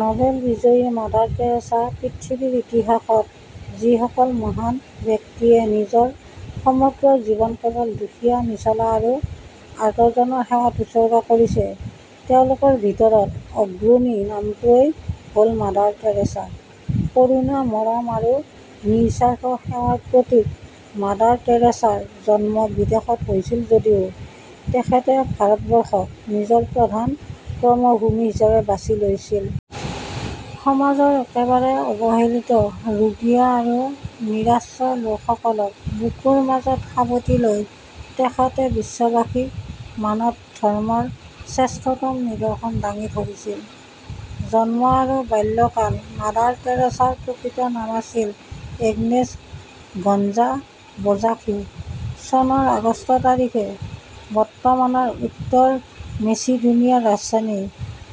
Nobel বিজয়ী Mother Teresa পৃথিৱীৰ ইতিহাসত যিসকল মহান ব্যক্তিয়ে নিজৰ সমগ্ৰ জীৱন কেৱল দুখীয়া, নিছলা আৰু আৰ্তজনৰ সেৱাত উচৰ্গা কৰিছে, তেওঁলোকৰ ভিতৰত অগ্ৰণী নামটোৱেই হ'ল মাদাৰ টেৰেছা। কৰুণা, মৰম আৰু নিস্বাৰ্থ সেৱাৰ প্ৰতীক মাদাৰ টেৰেছাৰ জন্ম বিদেশত হৈছিল যদিও, তেখেতে ভাৰতবৰ্ষক নিজৰ প্ৰধান কৰ্মভূমি হিচাপে বাচি লৈছিল। সমাজৰ একেবাৰে অৱহেলিত, ৰোগীয়া আৰু নিৰাশ্ৰয় লোকসকলক বুকুৰ মাজত সাৱটি লৈ তেখেতে বিশ্ববাসীক মানৱ ধৰ্মৰ শ্ৰেষ্ঠতম নিদৰ্শন দাঙি ধৰিছিল। জন্ম আৰু বাল্যকাল: মাদাৰ টেৰেছাৰ প্ৰকৃত নাম আছিল এগনেছ গঞ্জা বোজাখিউ। চনৰ আগষ্ট তাৰিখে বৰ্তমানৰ উত্তৰ মেচিডোনিয়াৰ ৰাজধানী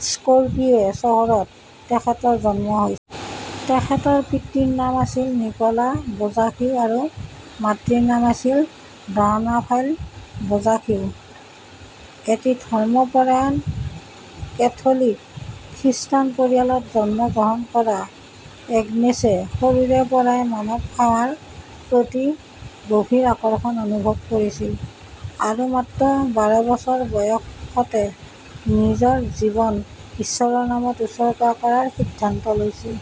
স্কপিয়ে চহৰত তেখেতৰ জন্ম হৈছিল। তেখেতৰ পিতৃৰ নাম আছিল নিক'লা বোজাখিউ আৰু মাতৃৰ নাম আছিল ড্ৰানাফাইল বোজাখিউ। এটি ধৰ্মপৰায়ণ কেথলিক খ্ৰীষ্টান পৰিয়ালত জন্মগ্ৰহণ কৰা এগনেছে সৰুৰে পৰাই মানৱ সেৱাৰ প্ৰতি গভীৰ আকৰ্ষণ অনুভৱ কৰিছিল আৰু মাত্ৰ বাৰ বছৰ বয়সতে নিজৰ জীৱন ঈশ্বৰৰ নামত উচৰ্গা কৰাৰ সিদ্ধান্ত লৈছিল।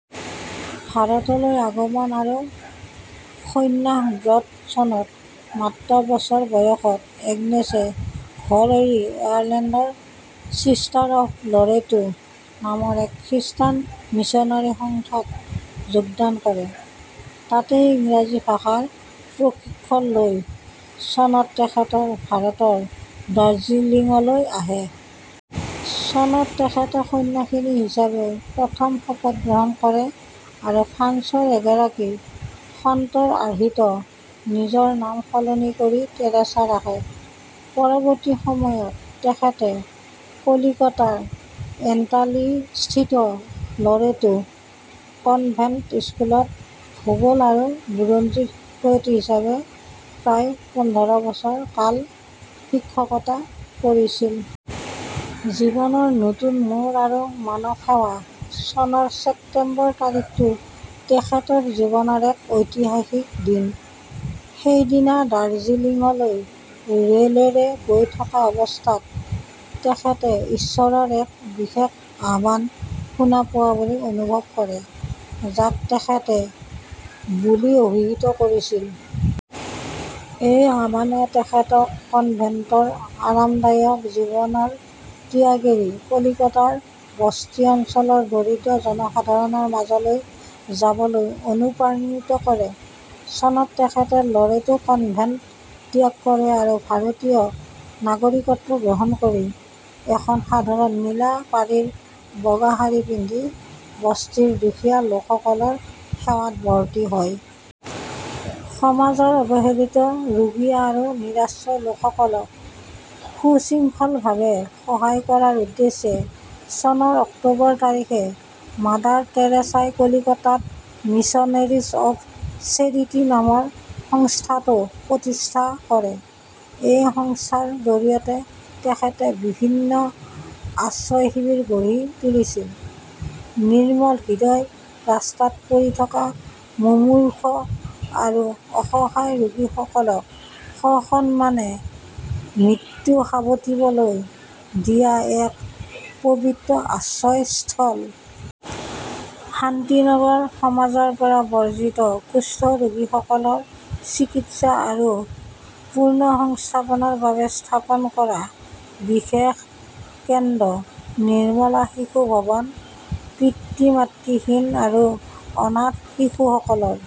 ভাৰতলৈ আগমন আৰু সন্ন্যাস ব্ৰত: চনত, মাত্ৰ বছৰ বয়সত এগনেছে ঘৰ এৰি আয়াৰলেণ্ডৰ 'চিষ্টাৰ্ছ অৱ লৰেটো' নামৰ এক খ্ৰীষ্টান মিছনেৰী সংস্থাত যোগদান কৰে। তাতেই ইংৰাজী ভাষাৰ প্ৰশিক্ষণ লৈ চনত তেখেত ভাৰতৰ দাৰ্জিলিঙলৈ আহে। চনত তেখেতে সন্ন্যাসিনী হিচাপে প্ৰথম শপত গ্ৰহণ কৰে আৰু ফ্ৰান্সৰ এগৰাকী সন্তৰ আৰ্হিত নিজৰ নাম সলনি কৰি 'টেৰেছা' ৰাখে। পৰৱৰ্তী সময়ত তেখেতে কলিকতাৰ এণ্টালীস্থিত লৰেটো কনভেণ্ট স্কুলত ভূগোল আৰু বুৰঞ্জীৰ শিক্ষয়িত্ৰী হিচাপে প্ৰায় পোন্ধৰ বছৰ কাল শিক্ষকতা কৰিছিল। জীৱনৰ নতুন মোৰ আৰু মানৱ সেৱা: চনৰ ছেপ্টেম্বৰ তাৰিখটো তেখেতৰ জীৱনৰ এক ঐতিহাসিক দিন। সেইদিনা দাৰ্জিলিঙলৈ ৰে'লেৰে গৈ থকা অৱস্থাত তেখেতে ঈশ্বৰৰ এক বিশেষ আহ্বান শুনা পোৱা বুলি অনুভৱ কৰে, যাক তেখেতে "" বুলি অভিহিত কৰিছিল। এই আহ্বানে তেখেতক কনভেণ্টৰ আৰামদায়ক জীৱন ত্যাগ কৰি কলিকতাৰ বস্তি অঞ্চলৰ দৰিদ্ৰ জনসাধাৰণৰ মাজলৈ যাবলৈ অনুপ্ৰাণিত কৰে। চনত তেখেতে লৰেটো কনভেণ্ট ত্যাগ কৰে আৰু ভাৰতীয় নাগৰিকত্ব গ্ৰহণ কৰি এখন সাধাৰণ নীলা পাৰিৰ বগা শাৰী পিন্ধি বস্তিৰ দুখীয়া লোকসকলৰ সেৱাত ব্ৰতী হয়। সমাজৰ অৱহেলিত, ৰোগীয়া আৰু নিৰাশ্ৰয় লোকসকলক সুশৃংখলভাৱে সহায় কৰাৰ উদ্দেশ্যে চনৰ অক্টোবৰ তাৰিখে মাদাৰ টেৰেছাই কলিকতাত 'মিছনেৰীজ অৱ চেৰিটি' নামৰ সংস্থাটো প্ৰতিষ্ঠা কৰে। এই সংস্থাৰ জৰিয়তে তেখেতে বিভিন্ন আশ্ৰয় শিবিৰ গঢ়ি তুলিছিল: নিৰ্মল হৃদয়: ৰাস্তাত পৰি থকা মুমূৰ্ষু আৰু অসহায় ৰোগীসকলক সসন্মানে মৃত্যু সাৱটিবলৈ দিয়া এক পবিত্ৰ আশ্ৰয়স্থল। শান্তি নগৰ: সমাজৰ পৰা বৰ্জিত কুষ্ঠ ৰোগীসকলৰ চিকিৎসা আৰু পুনৰ্সংস্থাপনৰ বাবে স্থাপন কৰা বিশেষ কেন্দ্ৰ। নিৰ্মলা শিশু ভৱন: পিতৃ-মাতৃহীন আৰু অনাথ শিশুসকলৰ